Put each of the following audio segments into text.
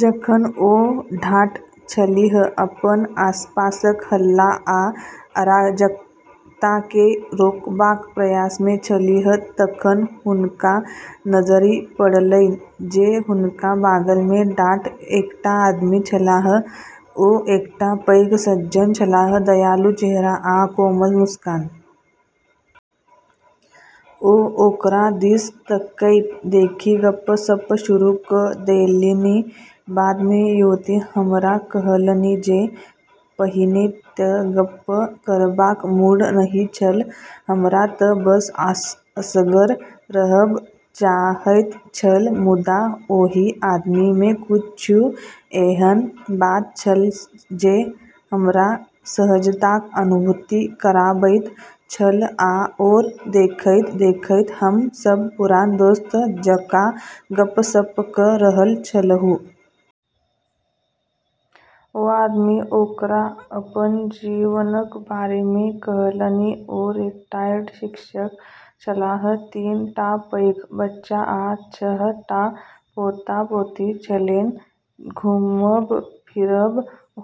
जखन ओ ठाढ़ छलीह, अपन आसपासक हल्ला आ अराजकता केँ रोकबाक प्रयास मे छलीह, तखन हुनका नजरि पड़लैन जे हुनका बगल मे ठाढ़ एकटा आदमी छलाह। ओ एकटा पैघ सज्जन छलाह, दयालु चेहरा आ कोमल मुस्कान। ओ ओकरा दिस तकैत देखि गप्प-सप्प शुरू कऽ देलनि। बाद मे युवती हमरा कहलनि जे, पहिने तँ गप्प करबाक मूड नहि छल। "हमरा तँ बस असगर रहब चाहैत छल। मुदा ओहि आदमी मे किछु एहन बात छल जे हमरा सहजताक अनुभूति कराबैत छल, आओर देखैत-देखैत हम सभ पुरान दोस्त जकाँ गप्प-सप्प कऽ रहल छलहुँ।" ओ आदमी ओकरा अपन जीवनक बारे मे कहलनि- ओ रिटायर्ड शिक्षक छलाह, तीन टा पैघ बच्चा आ छह टा पोता-पोती छलेन। घुमब-फिरब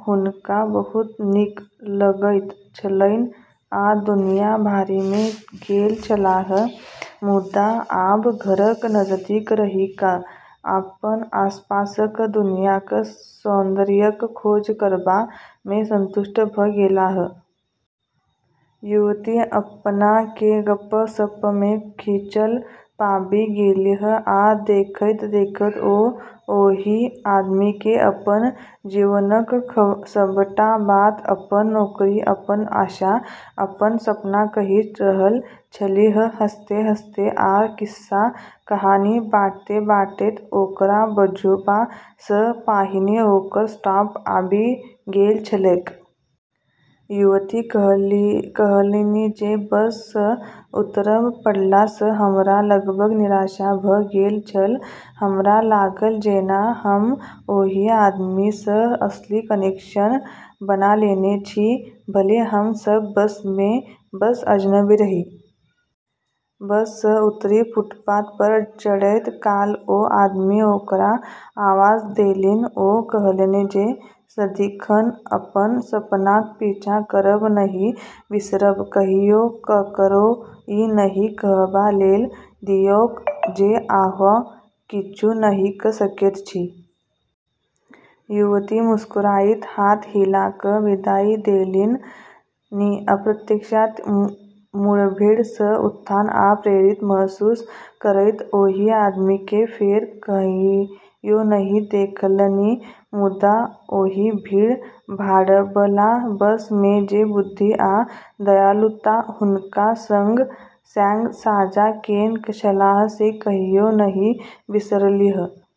हुनका बहुत नीक लगैत छलैन आ दुनिया भरि मे गेल छलाह, मुदा आब घरक नजदीक रहि कऽ अपन आसपासक दुनियाक सौन्दर्यक खोज करबा मे संतुष्ट भऽ गेलाह। युवती अपना केँ गप्प-सप्प मे खींचल पाबि गेलीह, आ देखैत-देखैत ओ ओहि आदमी केँ अपन जीवनक सबटा बात- अपन नौकरी, अपन आशा, अपन सपना कहि रहल छलीह। हँसैत-हँसैत आ खिस्सा-कहानी बाँटैत-बाँटैत, ओकरा बुझबा सँ पहिने ओकर स्टॉप आबि गेल छलैक। युवती कहलनि जे, बस सँ उतरब पड़ला सँ हमरा लगभग निराशा भऽ गेल छल। "हमरा लागल जेना हम ओहि आदमी सँ असली कनेक्शन बना लेने छी, भले हम सभ बस मे बस अजनबी रही।" बस सँ उतरि फुटपाथ पर चढ़ैत काल ओ आदमी ओकरा आवाज देलनि। ओ कहलनि जे, सदिखन अपन सपनाक पीछा करब नहि बिसरब। "कहियो ककरो ई नहि कहबा लेल दियौक जे अहाँ किछु नहि कऽ सकैत छी।" युवती मुस्कुराइत हाथ हिला कऽ विदाई देलनि, अप्रत्याशित मुठभेड़ सँ उत्थान आ प्रेरित महसूस करैत। ओहि आदमी केँ फेर कहियो नहि देखलनि, मुदा ओहि भीड़-भाड़बला बस मे जे बुद्धि आ दयालुता हुनका सँग साझा केने छलाह से कहियो नहि बिसरलीह।